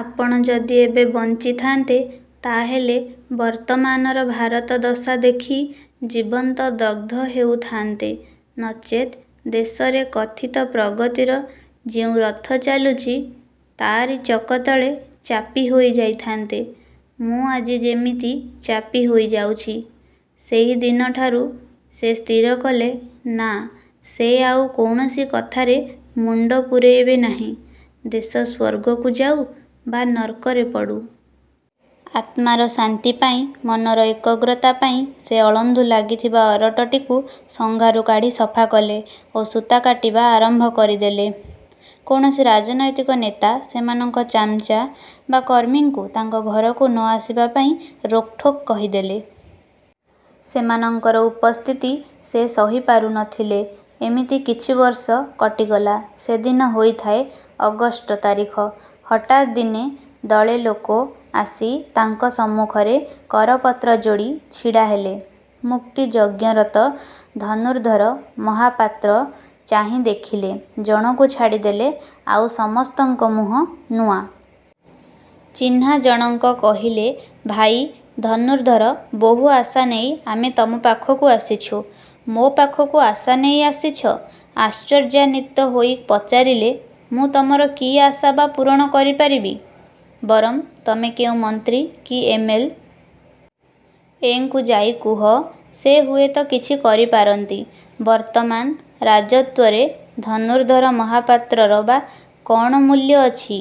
ଆପଣ ଯଦି ଏବେ ବଞ୍ଚିଥାନ୍ତେ ତା'ହେଲେ ବର୍ତ୍ତମାନର ଭାରତ ଦଶା ଦେଖି ଜୀବନ୍ତ ଦଗ୍ଧ ହେଉଥାନ୍ତେ ନଚେତ୍ ଦେଶରେ କଥିତ ପ୍ରଗତିର ଯେଉଁ ରଥ ଚାଲୁଛି ତା'ରି ଚକ ତଳେ ଚାପି ହୋଇ ଯାଇଥାନ୍ତେ, ମୁଁ ଆଜି ଯେମିତି ଚାପି ହୋଇ ଯାଉଛି। ସେଇ ଦିନଠାରୁ ସେ ସ୍ଥିର କଲେ-ନା ସେ ଆଉ କୌଣସି କଥାରେ ମୁଣ୍ଡ ପୂରେଇବେ ନାହିଁ, ଦେଶ ସ୍ଵର୍ଗକୁ ଯାଉ ବା ନର୍କରେ ପଡ଼ୁ। ଆତ୍ମାର ଶାନ୍ତି ପାଇଁ, ମନର ଏକଗ୍ରତା ପାଇଁ ସେ ଅଳନ୍ଧୁ ଲାଗିଥିବା ଅରଟଟିକୁ ସଙ୍ଘାରୁ କାଢ଼ି ସଫାକଲେ ଓ ସୂତା କାଟିବା ଆରମ୍ଭ କରିଦେଲେ। କୌଣସି ରାଜନୈତିକ ନେତା, ସେମାନଙ୍କ ଚାମଚା ବା କର୍ମୀଙ୍କୁ ତାଙ୍କ ଘରକୁ ନ ଆସିବା ପାଇଁ ରୋକ୍ ଠୋକ୍ କହିଦେଲେ। ସେମାନଙ୍କର ଉପସ୍ଥିତି ସେ ସହି ପାରୁ ନ ଥିଲେ। ଏମିତି କିଛି ବର୍ଷ କଟିଗଲା। ସେଦିନ ହୋଇଥାଏ ଅଗଷ୍ଟ ତାରିଖ। ହଠାତ୍ ଦିନେ ଦଳେ ଲୋକ ଆସି ତାଙ୍କ ସମ୍ମୁଖରେ କରପତ୍ର ଯୋଡ଼ି ଛିଡ଼ା ହେଲେ। ମୁକ୍ତି ଯଜ୍ଞରତ ଧନୁର୍ଦ୍ଧର ମହାପାତ୍ର ଚାହିଁ ଦେଖିଲେ, ଜଣକୁ ଛାଡ଼ିଦେଲେ ଆଉ ସମସ୍ତଙ୍କ ମୁହଁ ନୂଆ। ଚିହ୍ନା ଜଣଙ୍କ କହିଲେ-ଭାଇ ଧନୁର୍ଦ୍ଧର ବହୁ ଆଶା ନେଇ ଆମେ ତମ ପାଖକୁ ଆସିଛୁ। 'ମୋ' ପାଖକୁ ଆଶା ନେଇ ଆସିଛ? ' ଆଶ୍ଚର୍ଯ୍ୟାନ୍ୱିତ ହୋଇ ପଚାରିଲେ-'ମୁଁ ତମର କି ଆଶା ବା ପୂରଣ କରିପାରିବି? ବରଂ ତମେ କେଉଁ ମନ୍ତ୍ରୀ କି ଏମ. ଏଲ୍. ଏ. ଙ୍କୁ ଯାଇ କୁହ, ସେ ହୁଏତ କିଛି କରିପାରନ୍ତି। ବର୍ତ୍ତମାନ ରାଜତ୍ୱରେ ଧନୁର୍ଦ୍ଧର ମହାପାତ୍ରର ବା କ'ଣ ମୂଲ୍ୟ ଅଛି?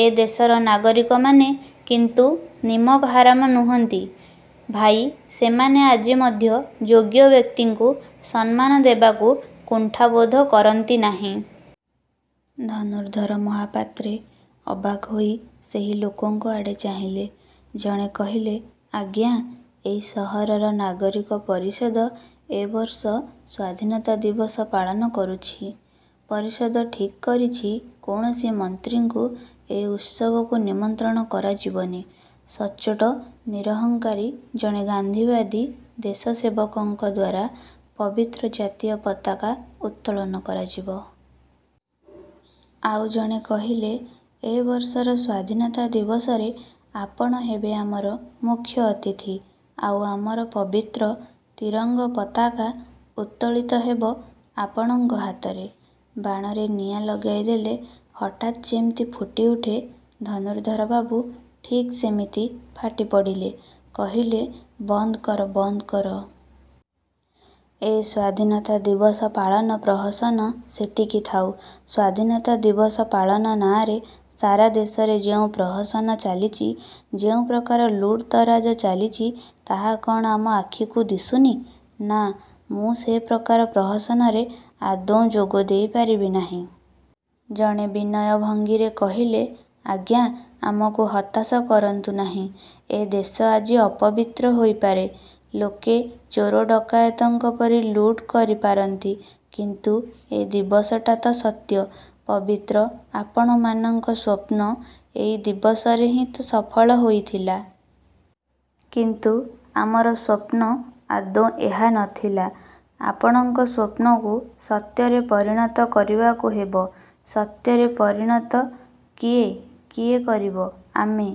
ଏ ଦେଶର ନାଗରିକମାନେ କିନ୍ତୁ ନିମକ ହାରାମ ନୁହଁନ୍ତି, ଭାଇ, ସେମାନେ ଆଜି ମଧ୍ୟ ଯୋଗ୍ୟ ବ୍ୟକ୍ତିଙ୍କୁ ସମ୍ମାନ ଦେବାକୁ କୁଣ୍ଠାବୋଧ କରନ୍ତି ନାହିଁ। ଧନୁର୍ଦ୍ଧର ମହାପାତ୍ରେ ଅବାକ୍ ହୋଇ ସେଇ ଲୋକଙ୍କ ଆଡ଼େ ଚାହିଁଲେ। ଜଣେ କହିଲେ-ଆଜ୍ଞା, ଏଇ ସହରର ନାଗରିକ ପରିଷଦ ଏ ବର୍ଷ ସ୍ଵାଧୀନତା ଦିବସ ପାଳନ କରୁଛି। ପରିଷଦ ଠିକ୍ କରିଛି କୌଣସି ମନ୍ତ୍ରୀଙ୍କୁ ଏ ଉତ୍ସବକୁ ନିମନ୍ତ୍ରଣ କରାଯିବନି। ସଚ୍ଚୋଟ' ନିରହଂକାରୀ ଜଣେ ଗାନ୍ଧୀବାଦୀ ଦେଶ ସେବକଙ୍କ ଦ୍ଵାରା ପବିତ୍ର ଜାତୀୟ ପତାକା ଉତ୍ତୋଳନ କରାଯିବ। ଆଉ ଜଣେ କହିଲେ-ଏ ବର୍ଷର ସ୍ଵାଧୀନତା ଦିବସରେ ଆପଣ ହେବେ ଆମର ମୁଖ୍ୟ ଅତିଥି, ଆଉ ଆମର ପବିତ୍ର ତିରଙ୍ଗ ପତାକା ଉତ୍ତୋଳିତ ହେବ ଆପଣଙ୍କ ହାତରେ। ବାଣରେ ନିଆଁ ଲଗାଇ ଦେଲେ ହଠାତ୍ ଯେମିତି ଫୁଟିଉଠେ ଧନୁର୍ଦ୍ଧରବାବୁ ଠିକ୍ ସେମିତି ଫାଟି ପଡ଼ିଲେ। କହିଲେ-ବନ୍ଦକର, ବନ୍ଦକର। ଏ ସ୍ଵାଧୀନତା ଦିବସ ପାଳନ ପ୍ରହସନ ସେତିକି ଥାଉ। ସ୍ଵାଧୀନତା ଦିବସ ପାଳନ ନାଁଆରେ ସାରା ଦେଶରେ ଯେଉଁ ପ୍ରହସନ ଚାଲିଛି, ଯେଉଁ ପ୍ରକାର ଲୁଟ୍ ତରାଜ ଚାଲିଛି ତାହା କ'ଣ ଆମ ଆଖିକୁ ଦିଶୁନି? ନା, ମୁଁ ସେ ପ୍ରକାର ପ୍ରହସନରେ ଆଦୌ ଯୋଗ ଦେଇ ପାରିବି ନାହିଁ। ଜଣେ ବିନୟ ଭଙ୍ଗିରେ କହିଲେ-ଆଜ୍ଞା, ଆମକୁ ହତାଶ କରନ୍ତୁ ନାହିଁ। ଏ ଦେଶ ଆଜି ଅପବିତ୍ର ହୋଇପାରେ। ଲୋକେ ଚୋର ଡକାୟତଙ୍କ ପରି ଲୁଟ୍ କରିପାରନ୍ତି, କିନ୍ତୁ ଏ ଦିବସଟା ତ ସତ୍ୟ, ପବିତ୍ର ଆପଣମାନଙ୍କ ସ୍ୱପ୍ନ ଏଇ ଦିବସରେ ହିଁ ତ ସଫଳ ହୋଇଥିଲା। 'କିନ୍ତୁ ଆମର ସ୍ୱପ୍ନ ଆଦୌ ଏହା ନ ଥିଲା' 'ଆପଣଙ୍କ ସ୍ୱପ୍ନକୁ ସତ୍ୟରେ ପରିଣତ କରିବାକୁ ହେବ' 'ସତ୍ୟରେ ପରିଣତ କିଏ? କିଏ। କରିବ? "ଆମେ